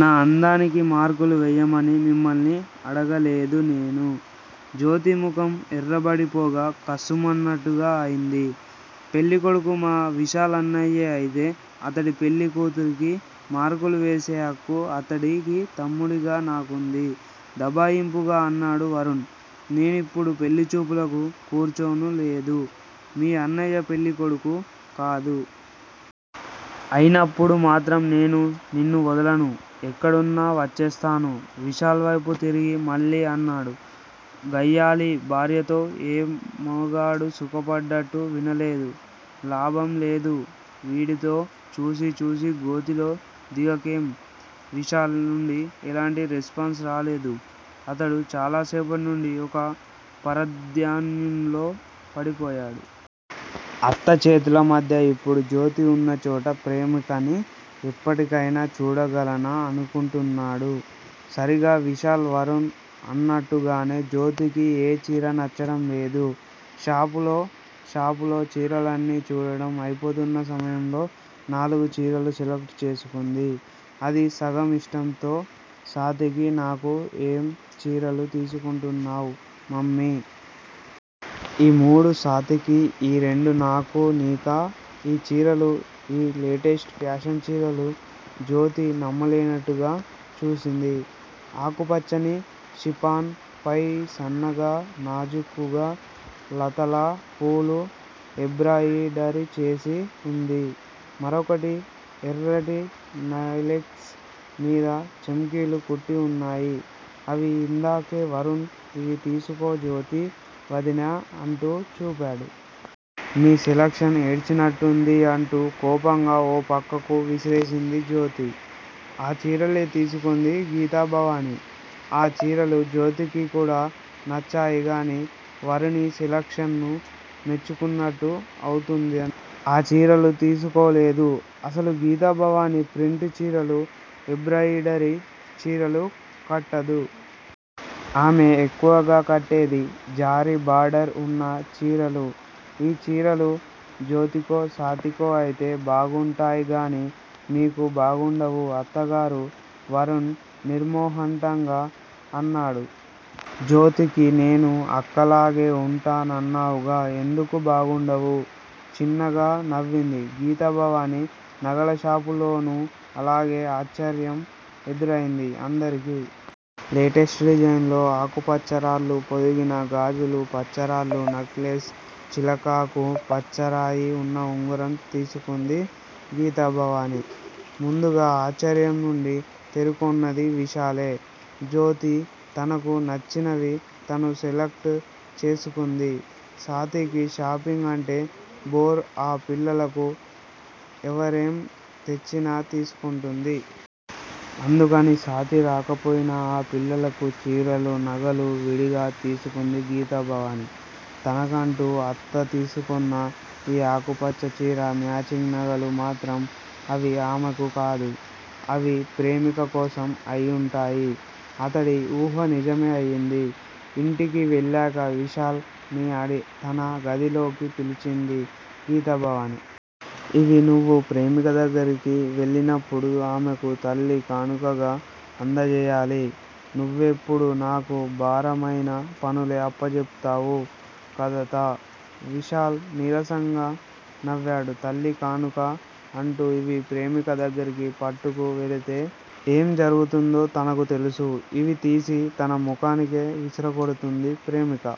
నా అందానికి మార్కులు వెయ్యమని మిమ్మల్ని అడగలేదు నేను. జ్యోతి ముఖం ఎర్రబడిపోగా కస్సుమన్నట్టుగా అయిది. పెళ్ళికొడుకు మా విశాల్ అన్నయ్యే అయితే అతడి పెళ్ళి కూతురికి మార్కులు వేసే హక్కు అతడి తమ్ముడిగా నాకుంది! దబాయింపుగా అన్నాడు వరుణ్. నేనిప్పుడు పెళ్ళిచూపులకు కూర్చోనూలేదు! మీ అన్నయ్య పెళ్ళి కొడుకూ కాదు! అయినప్పుడు మాత్రం నేను నిన్ను వదలను! ఎక్కడున్నా వచ్చేస్తాను! విశాల్ వైపు తిరిగి మళ్ళీ అన్నాడు. గయ్యాళి భార్యతో ఏ మగాడూ సుఖపడ్డట్టు వినలేదు! లాభంలేదు ఈవిడతో. చూసిచూసి గోతిలో దిగకేం? విశాల్ నుండి ఎలాంటి రెస్పాన్స్ రాలేదు. అతడు చాలాసేపటి నుండి ఒక పరధ్యానంలో పడిపోయాడు. అత్త చేతులమధ్య ఇప్పుడు జ్యోతి ఉన్నచోట ప్రేమికని ఎప్పటికైనా చూడగలనా అనుకొంటున్నాడు. సరిగా విశాల్, వరుణ్ అన్నట్టుగానే జ్యోతికి ఏ చీరా నచ్చడంలేదు షాపులో. షాపులో చీరలన్నీ చూడడం అయిపోతున్న సమయంలో నాలుగు చీరలు సెలెక్ట్ చేసుకొంది. అదీ సగం ఇష్టంతో. స్వాతికీ, నాకూ ఏం చీరలు తీసుకొంటున్నావు, మమ్మీ? ఈ మూడు స్వాతికి, ఈ రెండు నాకూ! నీకా ఈ చీరలు? ఈ లేటెస్ట్ ఫాషన్ చీరలు? జ్యోతి నమ్మలేనట్టుగా చూసింది. ఆకుపచ్చని షిపాన్ పై సన్నగా, నాజూకుగా లతలా, పూలూ ఎబ్రాయిడరీచేసి ఉంది! మరొకటి ఎర్రటి నైలెక్స్ మీద చెమ్కీలు కుట్టిఉన్నాయి! అవి ఇందాకా వరుణ్, ఇవి తీసుకో, జ్యోతి వదినా అంటూ చూపాడు. మీ సెలెక్షన్ ఏడ్చినట్టుంది! అంటూ కోపంగా ఓ ప్రక్కకు విసిరేసింది జ్యోతి. ఆ చీరలే తీసుకొంది గీతాభవాని. ఆ చీరలు జ్యోతికికూడా నచ్చాయి గాని వరుణి సెలెక్షన్ ను మెచ్చుకున్నట్టు అవుతుందని ఆ చీరలు తీసుకోలేదు! అసలు గీతాభవాని ప్రింటు చీరలు, ఎబ్రాయిడరీ చీరలు కట్టదు! ఆమె ఎక్కువగా కట్టేది జారీ బార్డర్ ఉన్న చీరలు! ఈ చీరలు జ్యోతికో, స్వాతికో అయితే బాగుంటాయిగాని మీకు బాగుండవు, అత్తగారూ! వరుణ్ నిర్మొహటంగా అన్నాడు. జ్యోతికి నేను అక్కలాగే ఉంటా నన్నావుగా? ఎందుకు బాగుండవు? చిన్నగా నవ్వింది గీతాభవాని. నగలషాపులోనూ అలాగే ఆశ్చర్యం ఎదురైంది అందరికీ. లేటెస్ట్ డిజైన్ లో ఆకుపచ్చరాళ్ళు పొదిగిన గాజులు, పచ్చరాళ్ళు నెక్లెస్, చిలకాకు పచ్చరాయి ఉన్న ఉంగరం తీసుకొంది గీతాభవాని. ముందుగా ఆశ్చర్యం నుండి తేరుకొన్నది విశాలే! జ్యోతి తనకు నచ్చినవి తను సెలెక్ట్ చేసుకుంది. స్వాతికి షాపింగ్ అంటే బోర్. ఆ పిల్లకు ఎవరేం తెచ్చినా తీసుకుంటుంది. అందుకని, స్వాతి రాకపోయినా ఆ పిల్లలకు చీరలు, నగలు విడిగా తీసుకుంది గీతాభవాని. తనకంటూ అత్తతీసుకొన్న ఈ ఆకుపచ్చ చీరా, మ్యాచింగ్ నగలు మాత్రం అవి ఆమెకు కాదు! అవి ప్రేమిక కోసం అయివుంటాయి! అతడి ఊహ నిజమే అయింది. ఇంటికి వెళ్ళాక విశాల్ ని తన గదిలోకి పిలిచింది గీతాభవాని. ఇవి నువ్వు ప్రేమిక దగ్గరికి వెళ్ళినప్పుడు ఆమెకు తల్లి కానుకగా అంధజేయాలి! నువ్వెప్పుడూ నాకు భారమైన పనులే అప్పజెప్పుతావు కదతా! విశాల్ నీరసంగా నవ్వాడు తల్లి కానుక అంటూ ఇవి ప్రేమిక దగ్గరికి పట్టుకు వెడితే ఏం జరుగుతుందో తనకు తెలుసు. ఇవి తీసి తన ముఖానికె విసిరికొడుతుంది ప్రేమిక.